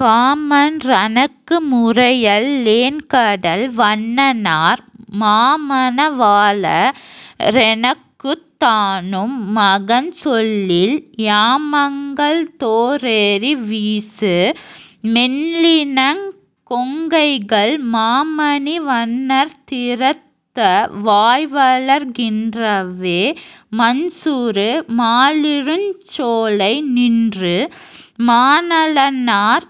Common றனக்கு முரையல் லேன்கடல் வண்ணனார், மாமண வாள ரெனக்குத் தானும் மகன்சொல்லில், யாமங்கள் தோறெரி வீசு மென்னிளங் கொங்கைகள், மாமணி வண்ணர் திறத்த வாய்வளர் கின்றவே.. மன்சுறு மாலிருஞ் சோலை நின்று மாணளனார்,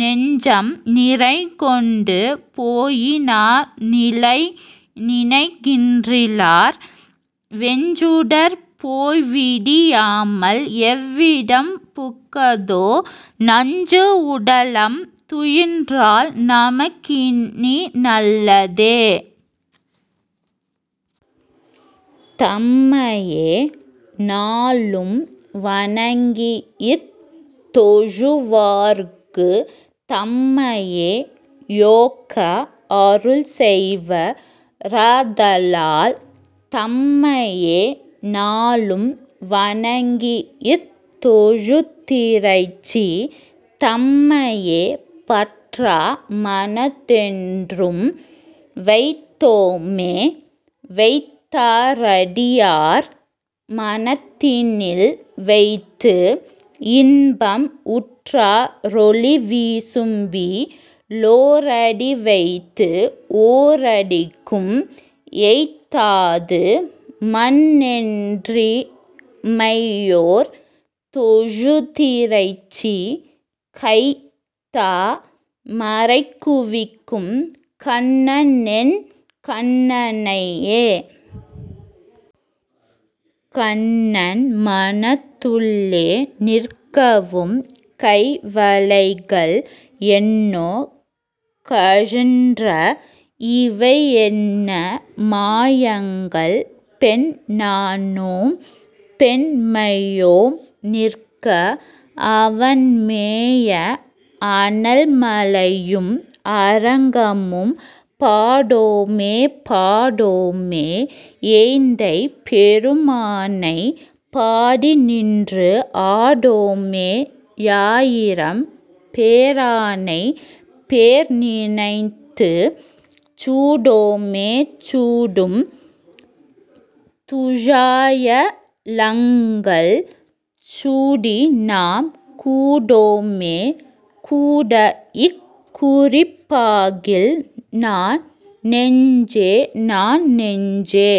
நெஞ்சம் நிறைகொண்டு போயி னார்நினை கின்றிலர், வெஞ்சுடர் போய்விடி யாமல் எவ்விடம் புக்கதோ, நஞ்சு உடலம் துயின்றால் நமக்கினி நல்லதே.. தம்மையே நாளும் வணங்கித் தொழுவார்க்கு, தம்மையே யோக்க அருள்செய்வ ராதலால், தம்மையே நாளும் வணங்கித் தொழுதிறைஞ்சி, தம்மையே பற்றா மனத்தென்றும் வைத்தோமே.. வைத்தா ரடியார் மனத்தினில் வைத்து, இன்பம் உற்றா ரொளிவிசும்பி லோரடிவைத்து, ஓரடிக்கும் எய்த்தாது மண்ணென் றிமையோர் தொழுதிறைச்சி, கைத்தா மரைகுவிக்கும் கண்ணனென் கண்ணனையே. கண்ணன் மனத்துள்ளே நிற்கவும், கைவளைகள் என்னோ கழன்ற? இவையென்ன மாயங்கள்? பெண்ணானோம் பெண்மையோம் நிற்க, அவன்மேய, அண்ணல் மலையும் அரங்கமும் பாடோமே.. பாடோமே யெந்தை பெருமானை? பாடிநின்று ஆடோமே யாயிரம் பேரானை? பேர்நினைந்து சூடோமே சூடும் துழாயலங்கல்? சூடி, நாம் கூடோமே கூடக் குறிப்பாகில்? நானெஞ்சே.. நானெஞ்சே.